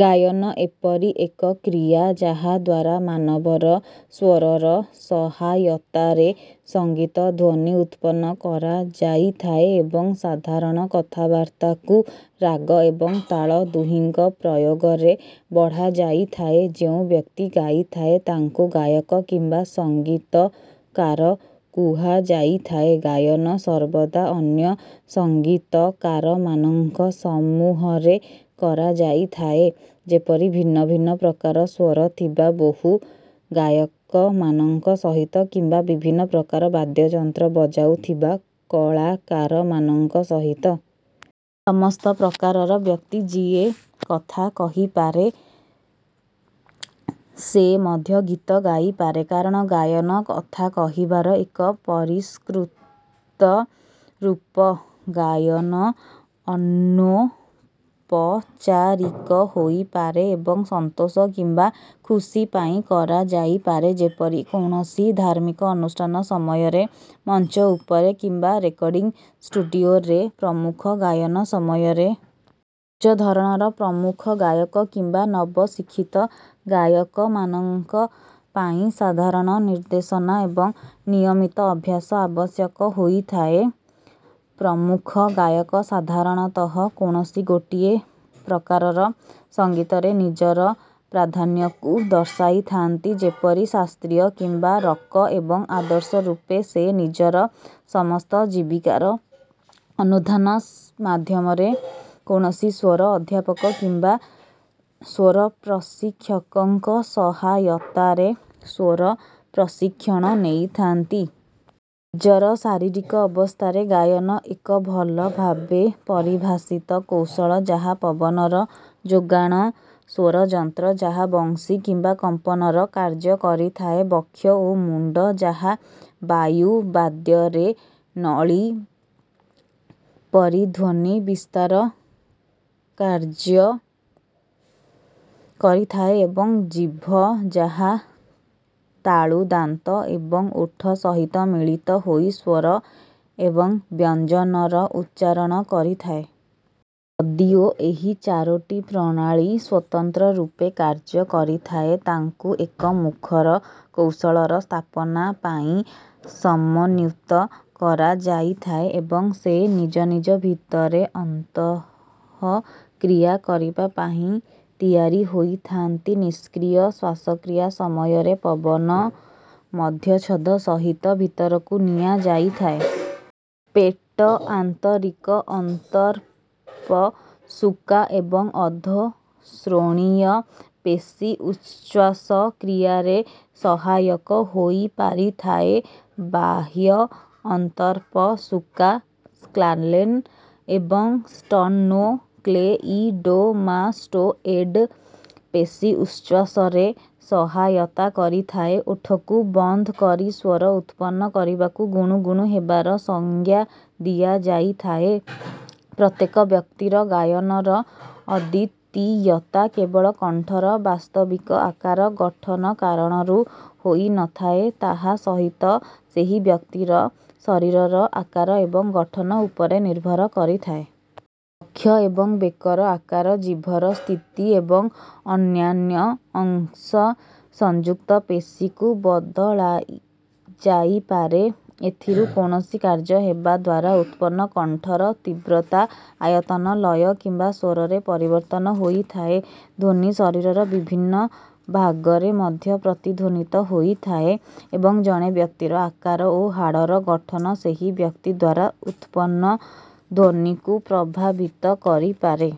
ଗାୟନ ଏପରି ଏକ କ୍ରିୟା ଯାହା ଦ୍ୱାରା ମାନବର ସ୍ୱରର ସହାୟତାରେ ସଙ୍ଗୀତ ଧ୍ୱନି ଉତ୍ପନ୍ନ କରାଯାଇଥାଏ ଏବଂ ସାଧାରଣ କଥାବାର୍ତ୍ତାକୁ ରାଗ ଏବଂ ତାଳ ଦୁହିଁଙ୍କ ପ୍ରୟୋଗରେ ବଢ଼ାଯାଇଥାଏ। ଯେଉଁ ବ୍ୟକ୍ତି ଗାଇଥାଏ ତାଙ୍କୁ ଗାୟକ କିମ୍ବା ସଙ୍ଗୀତକାର କୁହାଯାଇଥାଏ। ଗାୟନ ସର୍ବଦା ଅନ୍ୟ ସଙ୍ଗୀତକାରମାନଙ୍କ ସମୂହରେ କରାଯାଇଥାଏ ଯେପରି ଭିନ୍ନ ଭିନ୍ନ ପ୍ରକାର ସ୍ୱର ଥିବା ବହୁ ଗାୟକମାନଙ୍କ ସହିତ କିମ୍ବା ବିଭିନ୍ନ ପ୍ରକାର ବାଦ୍ୟଯନ୍ତ୍ର ବଜାଉଥିବା କଳାକାରମାନଙ୍କ ସହିତ। ସମସ୍ତ ପ୍ରକାରର ବ୍ୟକ୍ତି ଯିଏ କଥା କହିପାରେ ସେ ମଧ୍ୟ ଗୀତ ଗାଇପାରେ। କାରଣ ଗାୟନ କଥା କହିବାର ଏକ ପରିଷ୍କୃତ ରୂପ। ଗାୟନ ଅନୌପଚାରିକ ହୋଇପାରେ ଏବଂ ସନ୍ତୋଷ କିମ୍ବା ଖୁସି ପାଇଁ କରାଯାଇପାରେ। ଯେପରି କୌଣସି ଧାର୍ମିକ ଅନୁଷ୍ଠାନ ସମୟରେ ମଞ୍ଚ ଉପରେ କିମ୍ବା ରେକର୍ଡିଂ ଷ୍ଟୁଡିଓରେ ପ୍ରମୁଖ ଗାୟନ ସମୟରେ। ଉଚ୍ଚ ଧରଣର ପ୍ରମୁଖ ଗାୟକ କିମ୍ବା ନବଶିକ୍ଷିତ ଗାୟକମାନଙ୍କ ପାଇଁ ସାଧାରଣ ନିର୍ଦ୍ଦେଶନା ଏବଂ ନିୟମିତ ଅଭ୍ୟାସ ଆବଶ୍ୟକ ହୋଇଥାଏ। ପ୍ରମୁଖ ଗାୟକ ସାଧାରଣତଃ କୌଣସି ଗୋଟିଏ ପ୍ରକାରର ସଙ୍ଗୀତରେ ନିଜର ପ୍ରାଧାନ୍ୟକୁ ଦର୍ଶାଇଥାନ୍ତି ଯେପରି ଶାସ୍ତ୍ରୀୟ କିମ୍ବା ରକ ଏବଂ ଆଦର୍ଶ ରୂପେ ସେ ନିଜର ସମସ୍ତ ଜୀବିକାର ଅନୁଧ୍ୟାନ ମାଧ୍ୟମରେ କୌଣସି ସ୍ୱର-ଅଧ୍ୟାପକ କିମ୍ବା ସ୍ୱର-ପ୍ରଶିକ୍ଷକଙ୍କ ସହାୟତାରେ ସ୍ୱର-ପ୍ରଶିକ୍ଷଣ ନେଇଥାନ୍ତି। ନିଜର ଶାରୀରିକ ଅବସ୍ଥାରେ ଗାୟନ ଏକ ଭଲ ଭାବେ ପରିଭାଷିତ କୌଶଳ ଯାହା ପବନର ଯୋଗାଣ ସ୍ୱରଯନ୍ତ୍ର ଯାହା ବଂଶୀ କିମ୍ବା କମ୍ପନର କାର୍ଯ୍ୟ କରିଥାଏ ବକ୍ଷ ଓ ମୁଣ୍ଡ ଯାହା ବାୟୁ ବାଦ୍ୟରେ ନଳୀ ପରି ଧ୍ୱନି ବିସ୍ତାର କାର୍ଯ୍ୟ କରିଥାଏ ଏବଂ ଜିଭ ଯାହା ତାଳୁ ଦାନ୍ତ ଏବଂ ଓଠ ସହିତ ମିଳିତ ହୋଇ ସ୍ୱର ଏବଂ ବ୍ୟଞ୍ଜନର ଉଚ୍ଚାରଣ କରିଥାଏ। ଯଦିଓ ଏହି ଚାରୋଟି ପ୍ରଣାଳୀ ସ୍ୱତନ୍ତ୍ର ରୂପେ କାର୍ଯ୍ୟ କରିଥାଏ ତାଙ୍କୁ ଏକ ମୁଖର କୌଶଳର ସ୍ଥାପନା ପାଇଁ ସମନ୍ୱିତ କରାଯାଇଥାଏ ଏବଂ ସେ ନିଜ ନିଜ ଭିତରେ ଅନ୍ତଃକ୍ରିୟା କରିବା ପାଇଁ ତିଆରି ହୋଇଥାନ୍ତି। ନିଷ୍କ୍ରିୟ ଶ୍ୱାସକ୍ରିୟା ସମୟରେ ପବନ ମଧ୍ୟଚ୍ଛଦ ସହିତ ଭିତରକୁ ନିଆଯାଇଥାଏ। ପେଟ ଆନ୍ତରିକ ଅନ୍ତର୍ପଶୁକା ଏବଂ ଅଧୋ ଶ୍ରୋଣୀୟ ପେଶୀ ଉଚ୍ଛ୍ୱାସ କ୍ରିୟାରେ ସହାୟକ ହୋଇପାରିଥାଏ। ବାହ୍ୟ ଅନ୍ତର୍ପଶୁକା ସ୍କାଲେନ ଏବଂ ଷ୍ଟର୍ନୋକ୍ଲେଇଡୋମାଷ୍ଟୋଏଡ ପେଶୀ ଉଚ୍ଛ୍ୱାସରେ ସହାୟତା କରିଥାଏ। ଓଠକୁ ବନ୍ଦ କରି ସ୍ୱର ଉତ୍ପନ୍ନ କରିବାକୁ ଗୁଣୁଗୁଣୁ ହେବାର ସଂଜ୍ଞା ଦିଆଯାଇଥାଏ। ପ୍ରତ୍ୟେକ ବ୍ୟକ୍ତିର ଗାୟନର ଅଦ୍ୱିତୀୟତା କେବଳ କଣ୍ଠର ବାସ୍ତବିକ ଆକାର ଗଠନ କାରଣରୁ ହୋଇନଥାଏ ତାହା ସହିତ ସେହି ବ୍ୟକ୍ତିର ଶରୀରର ଆକାର ଏବଂ ଗଠନ ଉପରେ ନିର୍ଭର କରିଥାଏ। ବକ୍ଷ ଏବଂ ବେକର ଆକାର ଜିଭର ସ୍ଥିତି ଏବଂ ଅନ୍ୟାନ୍ୟ ଅଂଶସଂଯୁକ୍ତ ପେଶୀକୁ ବଦଳାଯାଇପାରେ। ଏଥିରୁ କୌଣସି କାର୍ଯ୍ୟ ହେବା ଦ୍ୱାରା ଉତ୍ପନ୍ନ କଣ୍ଠର ତୀବ୍ରତା ଆୟତନ ଲୟ କିମ୍ବା ସ୍ୱରରେ ପରିବର୍ତ୍ତନ ହୋଇଥାଏ। ଧ୍ୱନି ଶରୀରର ବିଭିନ୍ନ ଭାଗରେ ମଧ୍ୟ ପ୍ରତିଧ୍ୱନିତ ହୋଇଥାଏ ଏବଂ ଜଣେ ବ୍ୟକ୍ତିର ଆକାର ଓ ହାଡ଼ର ଗଠନ ସେହି ବ୍ୟକ୍ତି ଦ୍ୱାରା ଉତ୍ପନ୍ନ ଧ୍ୱନିକୁ ପ୍ରଭାବିତ କରିପାରେ।